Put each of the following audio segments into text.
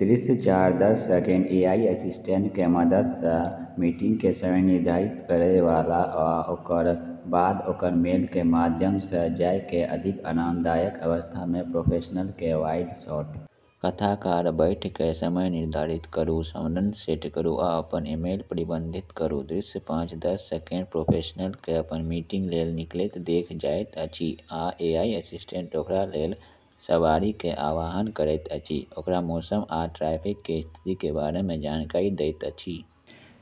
दृश्य चार दस सेकंड एआई असिस्टेंट के मदद सँ मीटिंग के समय निर्धारित करय वाला आ ओकरा बाद ओकर मेल के माध्यम सँ जाय कए अधिक आरामदायक अवस्था मे प्रोफेशनल के वाइड शॉट। कथाकार बैठक समय निर्धारित करू, स्मरण सेट करू, आ अपन ईमेल प्रबंधित करू। दृश्य पाँच दस सेकंड प्रोफेशनल के अपन मीटिंग लेल निकलैत देखल जाइत अछि आ एआई असिस्टेंट ओकरा लेल सवारी के आह्वान करैत अछि, ओकरा मौसम आ ट्रैफिक के स्थिति के बारे मे जानकारी दैत अछि।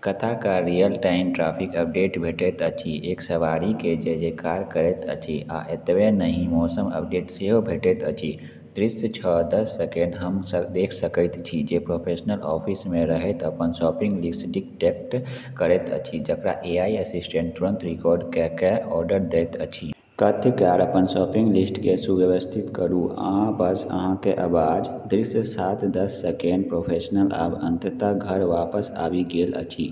कथाकार रियल-टाइम ट्रैफिक अपडेट भेटैत अछि, एक सवारी के जय-जयकार करैत अछि, आ एतबे नहि मौसम अपडेट सेहो भेटैत अछि। दृश्य छह दस सेकंड हम देख सकैत छी जे प्रोफेशनल ऑफिस मे रहैत अपन शॉपिंग लिस्ट डिक्टेट करैत अछि, जकरा एआई असिस्टेंट तुरंत रिकॉर्ड कए कए ऑर्डर दैत अछि। कथ्यकार अपन शॉपिंग लिस्ट के सुव्यवस्थित करू आ बस अहाँक आवाज। दृश्य सात दस सेकंड प्रोफेशनल आब अंततः घर वापस आबि गेल अछि,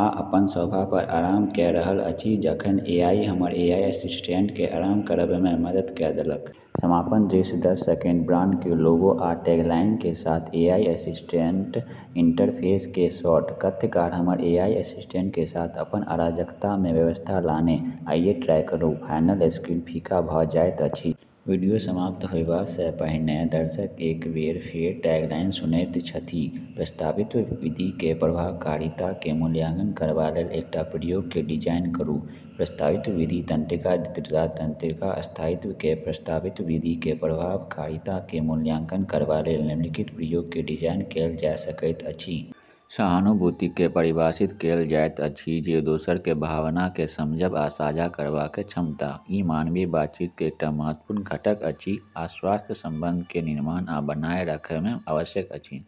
आ अपन सोफा पर आराम कए रहल अछि जखन एआई हमर एआई असिस्टेंट के आराम करब मे मदद कए देलक। समापन दृश्य दस सेकंड ब्रांड के लोगो आ टैगलाइन के साथ एआई असिस्टेंट इंटरफेस के शॉट। कथ्यकार हमर एआई असिस्टेंट के साथ अपन अराजकता मे व्यवस्था लानै। आइये ट्राई करू। फाइनल स्क्रीन फीका भ जाइत अछि। वीडियो समाप्त होयबा सँ पहिने दर्शक एक बेर फेर टैगलाइन सुनैत छथि। प्रस्तावित विधि के प्रभावकारिता के मूल्यांकन करबा लेल एकटा प्रयोग के डिजाइन करू। प्रस्तावित विधि तंत्रिका दृढ़ता। तंत्रिका स्थायित्व के प्रस्तावित विधि के प्रभावकारिता के मूल्यांकन करबा लेल निम्नलिखित प्रयोग के डिजाइन कएल जा सकैत अछि। सहानुभूति के परिभाषित कएल जाइत अछि जे दोसर के भावना के समझब आ साझा करबाक क्षमता। ई मानवीय बातचीत के एकटा महत्वपूर्ण घटक अछि आ स्वस्थ संबंध के निर्माण आ बनाए रखनाय मे आवश्यक अछि।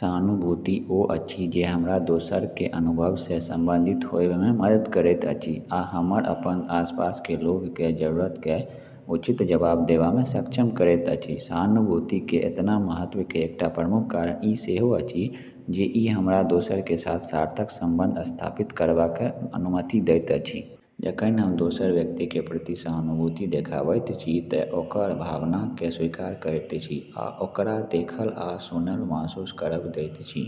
सहानुभूति ओ अछि जे हमरा दोसर के अनुभव सँ संबंधित होयब मे मदद करैत अछि आ हमरा अपन आसपास के लोक के जरूरत के उचित जवाब देबा मे सक्षम करैत अछि। सहानुभूति के एतना महत्व के एकटा प्रमुख कारण ई सेहो अछि जे ई हमरा दोसर के साथ सार्थक संबंध स्थापित करबाक अनुमति दैत अछि। जखन हम दोसर व्यक्ति के प्रति सहानुभूति देखाबैत छी त ओकर भावना के स्वीकार करैत छी आ ओकरा देखल आ सुनल महसूस करब दैत छी।